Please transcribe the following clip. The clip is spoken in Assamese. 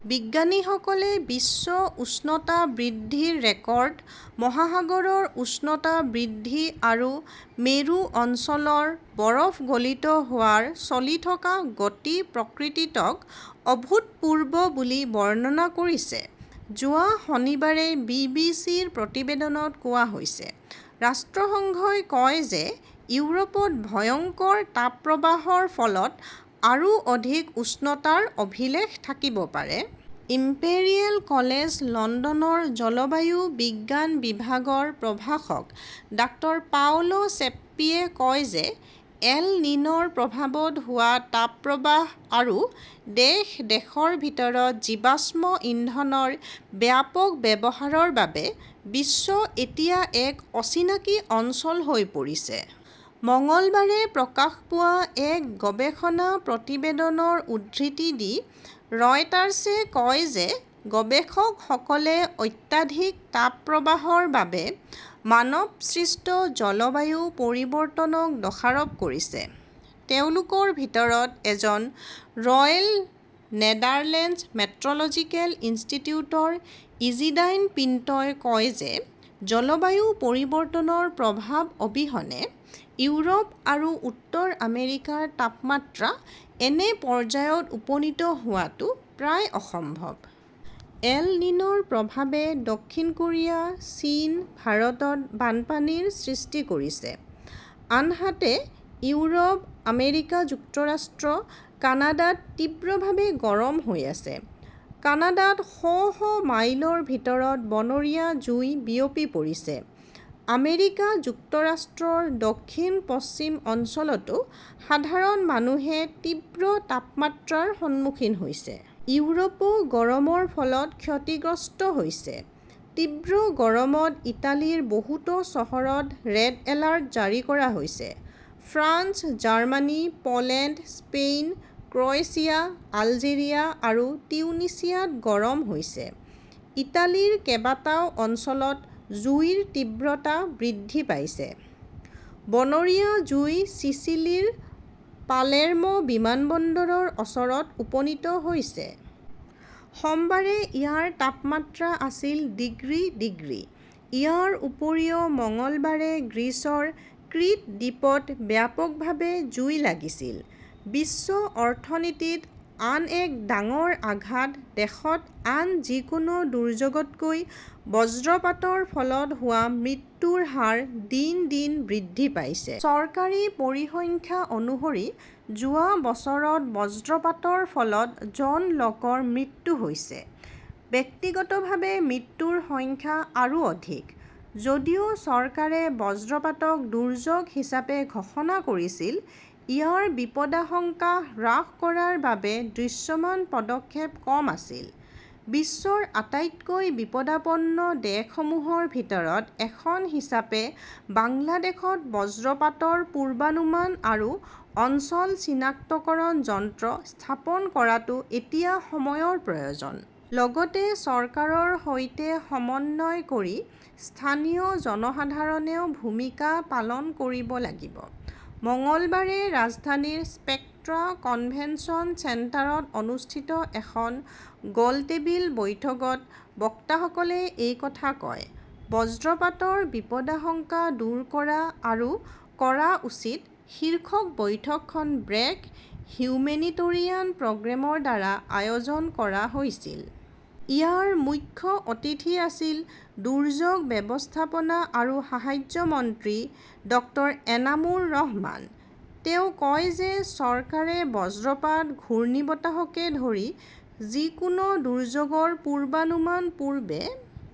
বিজ্ঞানীসকলে বিশ্ব উষ্ণতা বৃদ্ধিৰ ৰেকৰ্ড, মহাসাগৰৰ উষ্ণতা বৃদ্ধি আৰু মেৰু অঞ্চলৰ বৰফ গলিত হোৱাৰ চলি থকা গতি-প্ৰকৃতিটোক "অভূতপূৰ্ব" বুলি বৰ্ণনা কৰিছে, যোৱা শনিবাৰে বি. বি. চি. -ৰ প্ৰতিবেদনত কোৱা হৈছে। ৰাষ্ট্ৰসংঘই কয় যে ইউৰোপত ভয়ংকৰ তাপপ্ৰবাহৰ ফলত আৰু অধিক উষ্ণতাৰ অভিলেখ থাকিব পাৰে। ইম্পেৰিয়েল কলেজ লণ্ডনৰ জলবায়ু বিজ্ঞান বিভাগৰ প্ৰভাষক ডাঃ পাওলো ছেপ্পিয়ে কয় যে এল নিন "ৰ প্ৰভাৱত হোৱা তাপপ্ৰবাহ আৰু দেশ-দেশৰ ভিতৰত জীৱাশ্ম ইন্ধনৰ ব্যাপক ব্যৱহাৰৰ বাবে 'বিশ্ব এতিয়া এক অচিনাকি অঞ্চল হৈ পৰিছে"। মঙলবাৰে প্ৰকাশ পোৱা এক গৱেষণা প্ৰতিবেদনৰ উদ্ধৃতি দি ৰয়টাৰ্ছে কয় যে গৱেষকসকলে অত্যাধিক তাপপ্ৰবাহৰ বাবে মানৱসৃষ্ট জলবায়ু পৰিৱৰ্তনক দোষাৰোপ কৰিছে। তেওঁলোকৰ ভিতৰত এজন ৰয়েল নেদাৰলেণ্ডছ মেট্ৰ "লজিকেল ইনষ্টিটিউটৰ ইজিদাইন পিন্টোৱে কয় যে জলবায়ু পৰিৱৰ্তনৰ প্ৰভাৱ অবিহনে ইউৰোপ আৰু উত্তৰ আমেৰিকাৰ তাপমাত্ৰা এনে পৰ্যায়ত উপনীত হোৱাটো প্ৰায় অসম্ভৱ। এল নিন "ৰ প্ৰভাৱে দক্ষিণ কোৰিয়া, চীন, ভাৰতত বানপানীৰ সৃষ্টি কৰিছে। আনহাতে, ইউৰোপ, আমেৰিকা যুক্তৰাষ্ট্ৰ, কানাডাত তীব্ৰভাৱে গৰম হৈ আছে। কানাডাত শ শ মাইলৰ ভিতৰত বনৰীয়া জুই বিয়পি পৰিছে। আমেৰিকা যুক্তৰাষ্ট্ৰৰ দক্ষিণ-পশ্চিম অঞ্চলতো সাধাৰণ মানুহে তীব্ৰ তাপমাত্ৰাৰ সন্মুখীন হৈছে। ইউৰোপও গৰমৰ ফলত ক্ষতিগ্ৰস্ত হৈছে। তীব্ৰ গৰমত ইটালীৰ বহুতো চহৰত ৰেড এলাৰ্ট জাৰি কৰা হৈছে। France, Germany, Poland, Spain, Croatia, Algeria আৰু টিউনিছিয়াত গৰম হৈছে। ইটালীৰ কেইবাটাও অঞ্চলত জুইৰ তীব্ৰতা বৃদ্ধি পাইছে। বনৰীয়া জুই চিচিলিৰ পালেৰ্মো বিমানবন্দৰৰ ওচৰত উপনীত হৈছে। সোমবাৰে ইয়াৰ তাপমাত্ৰা আছিল ডিগ্ৰী ডিগ্ৰী। ইয়াৰ উপৰিও মঙলবাৰে গ্ৰীচৰ ক্ৰিট দ্বীপত ব্যাপকভাৱে জুই লাগিছিল। বিশ্ব অৰ্থনীতিত আন এক ডাঙৰ আঘাত দেশত আন যিকোনো দুৰ্যোগতকৈ বজ্ৰপাতৰ ফলত হোৱা মৃত্যুৰ হাৰ দিন দিন বৃদ্ধি পাইছে। চৰকাৰী পৰিসংখ্যা অনুসৰি যোৱা বছৰত বজ্ৰপাতৰ ফলত জন লোকৰ মৃত্যু হৈছে। ব্যক্তিগতভাৱে মৃত্যুৰ সংখ্যা আৰু অধিক। যদিও চৰকাৰে বজ্ৰপাতক দুৰ্যোগ হিচাপে ঘোষণা কৰিছিল, ইয়াৰ বিপদাশংকা হ্ৰাস কৰাৰ বাবে দৃশ্যমান পদক্ষেপ কম আছিল। বিশ্বৰ আটাইতকৈ বিপদাপন্ন দেশসমূহৰ ভিতৰত এখন হিচাপে বাংলাদেশত বজ্ৰপাতৰ পূৰ্বানুমান আৰু অঞ্চল চিনাক্তকৰণ যন্ত্ৰ স্থাপন কৰাটো এতিয়া সময়ৰ প্ৰয়োজন। লগতে চৰকাৰৰ সৈতে সমন্বয় কৰি স্থানীয় জনসাধাৰণেও ভূমিকা পালন কৰিব লাগিব। মঙলবাৰে ৰাজধানীৰ স্পেক্ট্ৰা কনভেনচন চেণ্টাৰত অনুষ্ঠিত এখন গোলটেবিল বৈঠকত বক্তাসকলে এই কথা কয়। 'বজ্ৰপাতৰ বিপদাশংকা দূৰ কৰা আৰু কৰা উচিত "শীৰ্ষক বৈঠকখন ব্ৰেক হিউমেনিটৰিয়ান প্ৰগ্ৰেমৰ দ্বাৰা আয়োজন কৰা হৈছিল। ইয়াৰ মুখ্য অতিথি আছিল দুৰ্যোগ ব্যৱস্থাপনা আৰু সাহায্য মন্ত্ৰী ড। এনামুৰ ৰহমান। তেওঁ কয় যে চৰকাৰে বজ্ৰপাত, ঘূৰ্ণীবতাহকে ধৰি যিকোনো দুৰ্যোগৰ পূৰ্বানুমান পূৰ্বে